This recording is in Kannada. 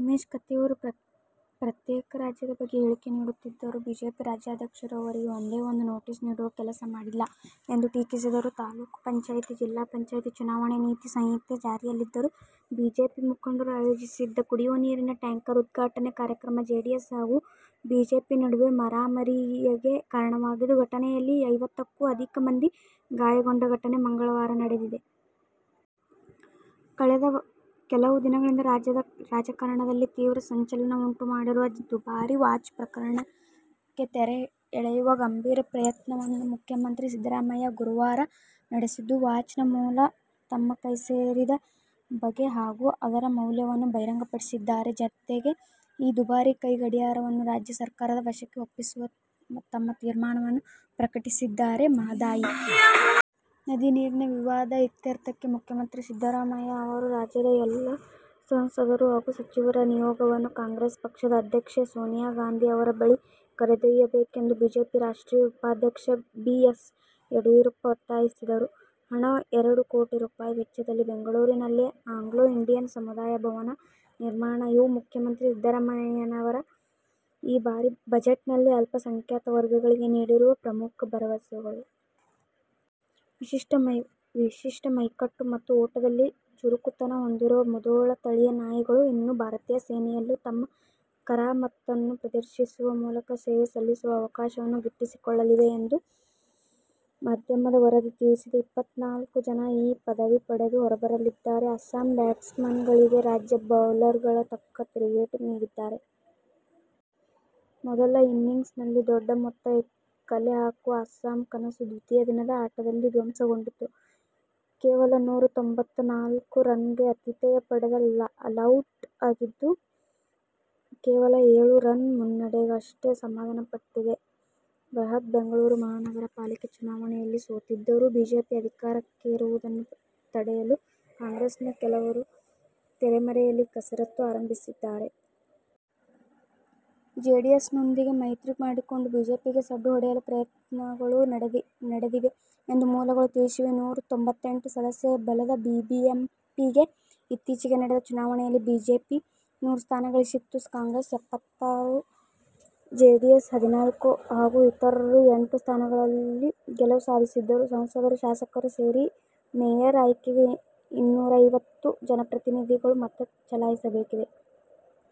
ಉಮೇಶ ಕತ್ತಿ ಅವರು ಪ್ರತ್ಯೇಕ ರಾಜ್ಯದ ಬಗ್ಗೆ ಹೇಳಿಕೆ ನೀಡುತ್ತಿದ್ದರೂ ಬಿಜೆಪಿ ರಾಜ್ಯಾಧ್ಯಕ್ಷರು ಅವರಿಗೆ ಒಂದೇ ಒಂದು ನೋಟಿಸ್ ನೀಡುವ ಕೆಲಸ ಮಾಡಿಲ್ಲ ಎಂದು ಟೀಕಿಸಿದರು. ತಾಲೂಕು ಪಂಚಾಯಿತಿ ಜಿಲ್ಲಾ ಪಂಚಾಯಿತಿ ಚುನಾವಣೆ ನೀತಿ ಸಂಹಿತೆ ಜಾರಿಯಲ್ಲಿದ್ದರೂ ಬಿಜೆಪಿ ಮುಖಂಡರು ಆಯೋಜಿಸಿದ್ದ ಕುಡಿಯುವ ನೀರಿನ ಟ್ಯಾಂಕರ್ ಉದ್ಘಾಟನೆ ಕಾರ್ಯಕ್ರಮ ಜೆಡಿಎಸ್ ಹಾಗೂ ಬಿಜೆಪಿ ನಡುವೆ ಮಾರಾಮಾರಿಗೆ ಕಾರಣವಾಗಿದ್ದು, ಘಟನೆಯಲ್ಲಿ ಐವತ್ತಕ್ಕೂ ಅಧಿಕ ಮಂದಿ ಗಾಯಗೊಂಡ ಘಟನೆ ಮಂಗಳವಾರ ನಡೆದಿದೆ. ಕಳೆದ ಕೆಲವು ದಿನಗಳಿಂದ ರಾಜ್ಯ ರಾಜಕಾರಣದಲ್ಲಿ ತೀವ್ರ ಸಂಚಲನ ಉಂಟು ಮಾಡಿರುವ ದುಬಾರಿ ವಾಚ್ ಪ್ರಕರಣಕ್ಕೆ ತೆರೆ ಎಳೆಯುವ ಗಂಭೀರ ಪ್ರಯತ್ನವನ್ನು ಮುಖ್ಯಮಂತ್ರಿ ಸಿದ್ದರಾಮಯ್ಯ ಗುರುವಾರ ನಡೆಸಿದ್ದು, ವಾಚ್ನ ಮೂಲ, ತಮ್ಮ ಕೈ ಸೇರಿದ ಬಗೆ ಹಾಗೂ ಅದರ ಮೌಲ್ಯವನ್ನು ಬಹಿರಂಗಪಡಿಸಿದ್ದಾರೆ. ಜತೆಗೆ, ಈ ದುಬಾರಿ ಕೈ ಗಡಿಯಾರವನ್ನು ರಾಜ್ಯ ಸರ್ಕಾರದ ವಶಕ್ಕೆ ಒಪ್ಪಿಸುವ ತಮ್ಮ ತೀರ್ಮಾನವನ್ನು ಪ್ರಕಟಿಸಿದ್ದಾರೆ. ಮಹದಾಯಿ ನದಿ ನೀರಿನ ವಿವಾದ ಇತ್ಯರ್ಥಕ್ಕೆ ಮುಖ್ಯಮಂತ್ರಿ ಸಿದ್ದರಾಮಯ್ಯ ಅವರು ರಾಜ್ಯದ ಎಲ್ಲ ಸಂಸದರು ಹಾಗೂ ಸಚಿವರ ನಿಯೋಗವನ್ನು ಕಾಂಗ್ರೆಸ್ ಪಕ್ಷದ ಅಧ್ಯಕ್ಷೆ ಸೋನಿಯಾ ಗಾಂಧಿ ಅವರ ಬಳಿ ಕರೆದೊಯ್ಯಬೇಕೆಂದು ಬಿಜೆಪಿ ರಾಷ್ಟ್ರೀಯ ಉಪಾಧ್ಯಕ್ಷ ಬಿ. ಎಸ್. ಯಡಿಯೂರಪ್ಪ ಒತ್ತಾಯಿಸಿದರು. ಹಣ ಎರಡು ಕೋಟಿ ರೂಪಾಯಿ ವೆಚ್ಚದಲ್ಲಿ ಬೆಂಗಳೂರಿನಲ್ಲಿ 'ಆಂಗ್ಲೋ ಇಂಡಿಯನ್ ಸಮುದಾಯ ಭವನ' ನಿರ್ಮಾಣ, ಇವು ಮುಖ್ಯಮಂತ್ರಿ ಸಿದ್ದರಾಮಯ್ಯನವರು ಈ ಬಾರಿ ಬಜೆಟ್ನಲ್ಲಿ ಅಲ್ಪಸಂಖ್ಯಾಕ ವರ್ಗಗಳಿಗೆ ನೀಡಿರುವ ಪ್ರಮುಖ ಭರವಸೆಗಳು. ವಿಶಿಷ್ಟ ಮೈಕಟ್ಟು ಮತ್ತು ಓಟದಲ್ಲಿ ಚುರುಕುತನ ಹೊಂದಿರುವ ಮುಧೋಳ ತಳಿಯ ನಾಯಿಗಳು ಇನ್ನು ಭಾರತೀಯ ಸೇನೆಯಲ್ಲೂ ತಮ್ಮ ಕರಾಮತ್ತನ್ನು ಪ್ರದರ್ಶಿಸುವ ಮೂಲಕ ಸೇವೆ ಸಲ್ಲಿಸುವ ಅವಕಾಶ ಗಿಟ್ಟಿಸಿಕೊಳ್ಳಲಿವೆ ಎಂದು ಮಾಧ್ಯಮದ ವರದಿ ತಿಳಿಸಿದೆ. ಇಪ್ಪತ್ತನಾಲ್ಕು ಜನ ಈ ಪದವಿ ಪಡೆದು ಹೊರಬರಲಿದ್ದಾರೆ. ಅಸ್ಸಾಂ ಬ್ಯಾಟ್ಸ್ಮನ್ಗಳಿಗೆ ರಾಜ್ಯ ಬೌಲರ್ಗಳು ತಕ್ಕ ತಿರುಗೇಟು ನೀಡಿದ್ದಾರೆ. ಮೊದಲ ಇನಿಂಗ್ಸ್ನಲ್ಲಿ ದೊಡ್ಡ ಮೊತ್ತ ಕಲೆ ಹಾಕುವ ಅಸ್ಸಾಂ ಕನಸು ದ್ವಿತೀಯ ದಿನದ ಆಟದಲ್ಲಿ ಧ್ವಂಸಗೊಂಡಿತು. ಕೇವಲ ನೂರ ತೊಂಭತ್ತ ನಾಲ್ಕು ರನ್ಗೆ ಆತಿಥೇಯ ಪಡೆ ಆಲೌಟ್ ಆಗಿದ್ದು, ಕೇವಲ ಎಳು ರನ್ ಮುನ್ನಡೆಗಷ್ಟೇ ಸಮಾಧಾನಪಟ್ಟಿದೆ. ಬೃಹತ್ ಬೆಂಗಳೂರು ಮಹಾನಗರ ಪಾಲಿಕೆ ಚುನಾವಣೆಯಲ್ಲಿ ಸೋತಿದ್ದರೂ, ಬಿಜೆಪಿ ಅಧಿಕಾರಕ್ಕೇರುವುದನ್ನು ತಡೆಯಲು ಕಾಂಗ್ರೆಸ್ನ ಕೆಲವರು ತೆರೆಮರೆಯಲ್ಲಿ ಕಸರತ್ತು ಆರಂಭಿಸಿದ್ದಾರೆ. ಜೆಡಿಎಸ್ನೊಂದಿಗೆ ಮೈತ್ರಿ ಮಾಡಿಕೊಂಡು ಬಿಜೆಪಿಗೆ ಸಡ್ಡು ಹೊಡೆಯಲು ಪ್ರಯತ್ನಗಳು ನಡೆದಿವೆ ಎಂದು ಮೂಲಗಳು ತಿಳಿಸಿವೆ. ನೂರ ತೊಂಭತ್ತೆಂಟು ಸದಸ್ಯ ಬಲದ ಬಿ ಬಿ ಎಂ ಪಿ ಗೆ ಇತ್ತೀಚೆಗೆ ನಡೆದ ಚುನಾವಣೆಯಲ್ಲಿ ಬಿಜೆಪಿ ನೂರು ಸ್ಥಾನ ಗಳಿಸಿತ್ತು. ಕಾಂಗ್ರೆಸ್ ಎಪ್ಪತ್ತಾರು, ಜೆ ಡಿ ಎಸ್ ಹದಿನಾಲ್ಕು ಹಾಗೂ ಇತರರು ಎಂಟು ಸ್ಥಾನಗಳಲ್ಲಿ ಗೆಲುವು ಸಾಧಿಸಿದ್ದರು. ಸಂಸದರು, ಶಾಸಕರು ಸೇರಿ ಮೇಯರ್ ಆಯ್ಕೆಗೆ ಇನೂರೈವತ್ತು ಜನಪ್ರತಿನಿಧಿಗಳು ಮತ ಚಲಾಯಿಸಬೇಕಿದೆ.